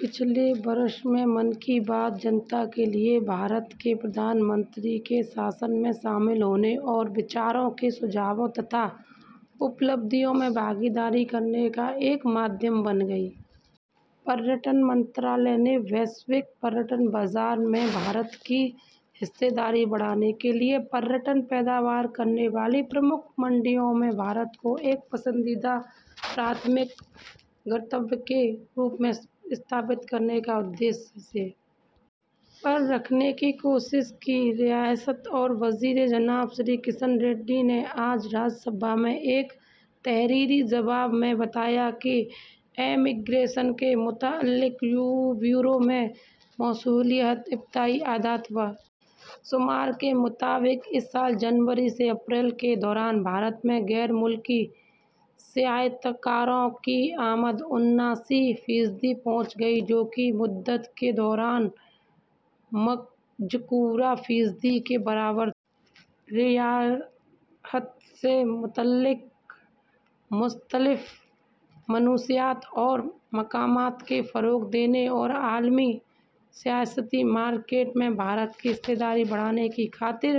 پچھلے برسوں میں من کی بات عوام کے لیے بھارت کے وزیر اعظم کی حکمرانی میں شامل ہونے اور اپنے نظریات تجاویز اور حصولیابیوں میں شرکت کرنے کا ایک وسیلہ بن گئی ہے وزارت سیاحت سیاحت کی وزارت نے عالمی سیاحتی مارکیٹ میں بھارت کی حصہ داری بڑھانے کی خاطر کے لیے سیاحت پیدا کرنے والی منڈیوں میں بھارت کو ایک ترجیحی پسندیدہ مقام کے طور پر رکھنے کی کوشش کی ہے سیاحت کے وزیر جناب جی کشن ریڈی نے آج راجیہ سبھا میں ایک تحریری جواب میں بتایا کہ امیگریشن سے متعلق بیورو سے موصولہ عبوری اعداد و شمار کے مطابق اس سال جنوری سے اپریل کے دوران بھارت میں غیر ملکی سیاحوں کی آمد اناسی فیصد پہنچ گئی ہے جو کہ اسی مدت کے دوران مذکورہ فیصد کے برابر تھی سیاحت سے متعلق مختلف مصنوعات اور مقامات کو فروغ دینے اور عالمی سیاحتی مارکیٹ میں بھارت کی حصہ داری بڑھانے کی خاطر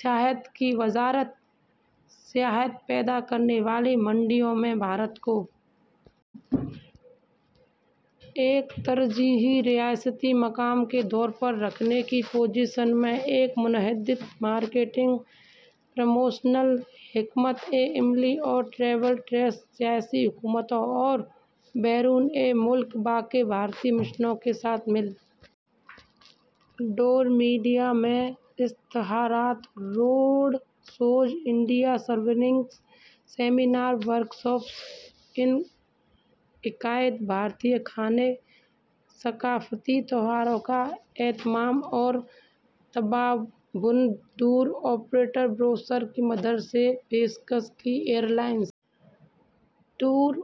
سیاحت کی وزارت سیاحت پیدا کرنے والی منڈیوں میں بھارت کو ایک ترجیحی سیاحتی مقام کے طور پر رکھنے کی پوزیشن میں ہے ایک مربوط مارکیٹنگ اور پروموشنل حکمت عملی اور ٹریول ٹریڈ ریاستی حکومتوں اور بیرون ملک واقع بھارتی مشنوں کے ساتھ مل ڈور میڈیا میں اشتہارات road shows India evenings seminar اور ورکشاپس کا انعقاد بھارتی کھانے اور ثقافتی تہواروں کا اہتمام اور تعاون ٹور آپریٹرز کو بروشر کی مدد کی پیشکش اور ایئر لائنز ٹور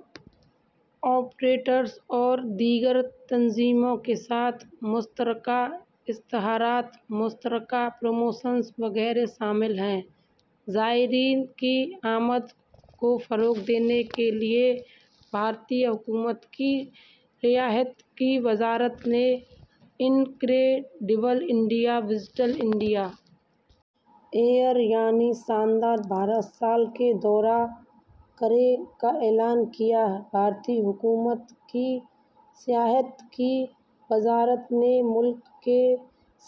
آپریٹرز اور دیگر تنظیموں کے ساتھ مشترکہ اشتہارات مشترکہ پروموشنز وغیرہ شامل ہیں زائرین کی آمد کو فروغ دینے کے لیے بھارتی حکومت کی سیاحت کی وزارت نے incredible India visit India year یعنی شاندار بھارت سال میں بھارت کا دورہ کریں کا اعلان کیا ہے بھارتی حکومت کی سیاحت کی وزارت نے ملک کے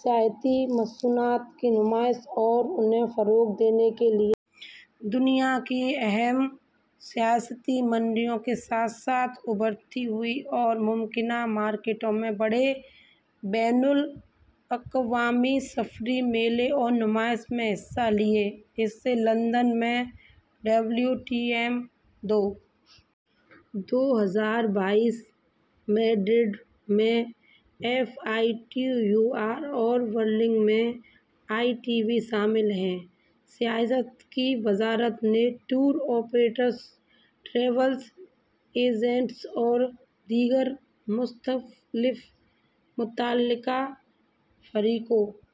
سیاحتی مصنوعات کی نمائش اور انہیں فروغ دینے کے لیے دنیا کے اہم سیاحتی منڈیوں کے ساتھ ساتھ ابھرتی ہوئی اور ممکنہ مارکیٹوں میں بڑے بین الاقوامی سفری میلوں اور نمائشوں میں حصہ لیا ہے ان میں لندن میں ڈبلیو ٹی ایم دو ہزار بائیس میڈرڈ میں F I T U R اور برلن میں آئی ٹی بی شامل ہیں سیاحت کی وزارت نے ٹور آپریٹرز ٹریول ایجنٹس اور دیگر مختلف متعلقہ فریقوں